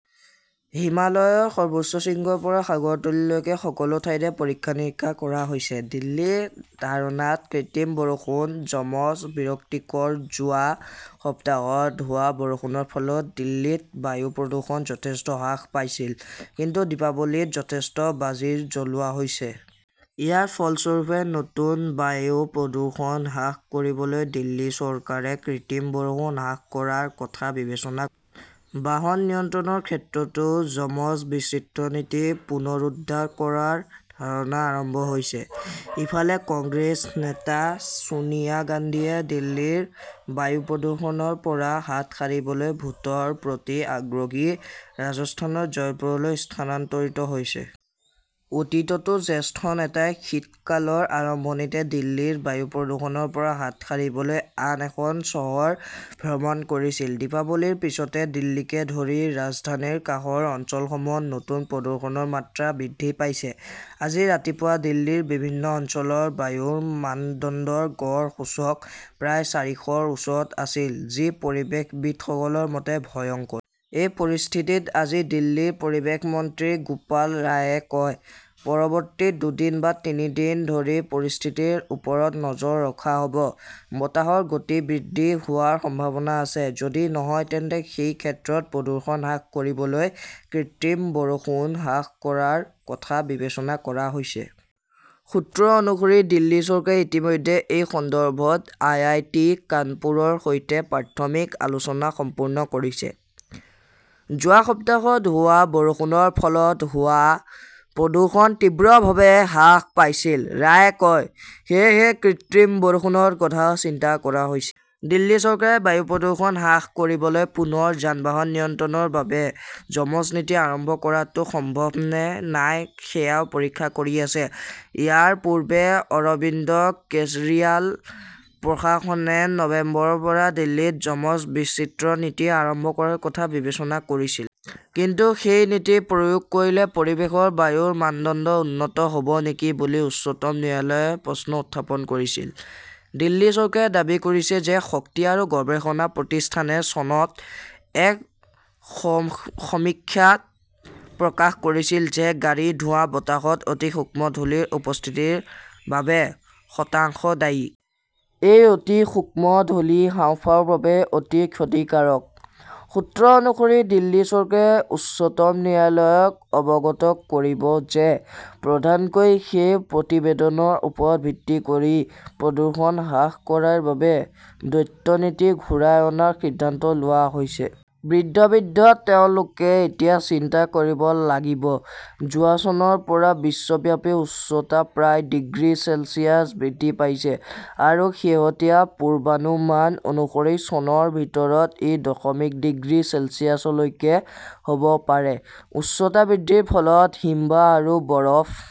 হিমালয়ৰ সৰ্বোচ্চ শৃংগৰ পৰা সাগৰৰ তললৈকে সকলো ঠাইতে পৰীক্ষা-নিৰীক্ষা কৰা হৈছে। দিল্লীৰ ধাৰণাত কৃত্ৰিম বৰষুণ, যমজ-বিৰক্তিকৰ যোৱা সপ্তাহত হোৱা বৰষুণৰ ফলত দিল্লীত বায়ু প্ৰদূষণ যথেষ্ট হ্ৰাস পাইছিল। কিন্তু দীপাৱলীত যথেষ্ট বাজি জ্বলোৱা হৈছে। ইয়াৰ ফলস্বৰূপে নতুন বায়ু প্ৰদূষণ হ্ৰাস কৰিবলৈ দিল্লী চৰকাৰে কৃত্ৰিম বৰষুণ হ্ৰাস কৰাৰ কথা বিবেচনা কৰিছে। বাহন নিয়ন্ত্ৰণৰ ক্ষেত্ৰতো যমজ-বিচিত্ৰ নীতি পুনৰুদ্ধাৰ কৰাৰ ধাৰণা আৰম্ভ হৈছে। ইফালে, কংগ্ৰেছ নেতা ছোনিয়া গান্ধীয়ে দিল্লীৰ বায়ু প্ৰদূষণৰ পৰা হাত সাৰিবলৈ ভোটৰ প্ৰতি আগ্ৰহী ৰাজস্থানৰ জয়পুৰলৈ স্থানান্তৰিত হৈছে। অতীততো জ্যেষ্ঠ নেতাই শীতকালৰ আৰম্ভণিতে দিল্লীৰ বায়ু প্ৰদূষণৰ পৰা হাত সাৰিবলৈ আন এখন চহৰ ভ্ৰমণ কৰিছিল। দীপাৱলীৰ পিছতে দিল্লীকে ধৰি ৰাজধানীৰ কাষৰ অঞ্চলসমূহত নতুন প্ৰদূষণৰ মাত্ৰা বৃদ্ধি পাইছে। আজি ৰাতিপুৱা দিল্লীৰ বিভিন্ন অঞ্চলৰ বায়ুৰ মানদণ্ডৰ গড় সূচক প্ৰায় চাৰিশৰ ওচৰত আছিল, যি পৰিৱেশবিদসকলৰ মতে 'ভয়ংকৰ "। এই পৰিস্থিতিত আজি দিল্লীৰ পৰিৱেশ মন্ত্ৰী গোপাল ৰায়ে কয়, "পৰৱৰ্তী দুদিন বা তিনি দিন ধৰি পৰিস্থিতিৰ ওপৰত নজৰ ৰখা হ" ব। বতাহৰ গতি বৃদ্ধি হোৱাৰ সম্ভাৱনা আছে। যদি নহয়, তেন্তে সেই ক্ষেত্ৰত প্ৰদূষণ হ্ৰাস কৰিবলৈ কৃত্ৰিম বৰষুণ হ্ৰাস কৰাৰ কথা বিবেচনা কৰা হৈছে। "সূত্ৰ অনুসৰি, দিল্লী চৰকাৰে ইতিমধ্যে এই সন্দৰ্ভত আই. আই. টি. -কানপুৰৰ সৈতে প্ৰাথমিক আলোচনা সম্পূৰ্ণ কৰিছে। "যোৱা সপ্তাহত হোৱা বৰষুণৰ ফলত হোৱা প্ৰদূষণ তীব্ৰভাৱে হ্ৰাস পাইছিল", ৰায়ে কয়। সেয়েহে কৃত্ৰিম বৰষুণৰ কথা চিন্তা কৰা হৈছে। "দিল্লী চৰকাৰে বায়ু প্ৰদূষণ হ্ৰাস কৰিবলৈ পুনৰ যান-বাহন নিয়ন্ত্ৰণৰ বাবে যমজ নীতি আৰম্ভ কৰাটো সম্ভৱনে নাই সেয়াও পৰীক্ষা কৰি আছে। ইয়াৰ পূৰ্বে অৰবিন্দ কেজৰিৱাল প্ৰশাসনে নৱেম্বৰৰ পৰা দিল্লীত যমজ-বিচিত্ৰ নীতি আৰম্ভ কৰাৰ কথা বিবেচনা কৰিছিল। কিন্তু সেই নীতি প্ৰয়োগ কৰিলে পৰিৱেশৰ বায়ুৰ মানদণ্ড উন্নত হ "ব নেকি বুলি উচ্চতম ন্যায়ালয়ে প্ৰশ্ন উত্থাপন কৰিছিল। দিল্লী চৰকাৰে দাবী কৰিছে যে শক্তি আৰু গৱেষণা প্ৰতিষ্ঠানে চনত এক সমীক্ষাত প্ৰকাশ কৰিছিল যে গাড়ীৰ ধোঁৱা বতাহত অতি সূক্ষ্ম ধূলি ৰ উপস্থিতিৰ বাবে শতাংশ দায়ী। এই অতি সূক্ষ্ম ধূলি হাঁওফাঁওৰ বাবে অতি ক্ষতিকাৰক। সূত্ৰ অনুসৰি, দিল্লী চৰকাৰে উচ্চতম ন্যায়ালয়ক অৱগত কৰিব যে প্ৰধানকৈ সেই প্ৰতিবেদনৰ ওপৰত ভিত্তি কৰি প্ৰদূষণ হ্ৰাস কৰাৰ বাবে দ্বৈত নীতি ঘূৰাই অনাৰ সিদ্ধান্ত লোৱা হৈছে। বৃদ্ধ বৃদ্ধঃ তেওঁলোকে এতিয়া চিন্তা কৰিব লাগিব যোৱা চনৰ পৰা বিশ্বব্যাপী উষ্ণতা প্ৰায় ডিগ্ৰী চেলছিয়াছ বৃদ্ধি পাইছে আৰু শেহতীয়া পূৰ্বানুমান অনুসৰি চনৰ ভিতৰত ই দশমিক ডিগ্ৰী চেলছিয়াছলৈকে হ 'ব পাৰে। উষ্ণতা বৃদ্ধিৰ ফলত হিমবাহ আৰু বৰফ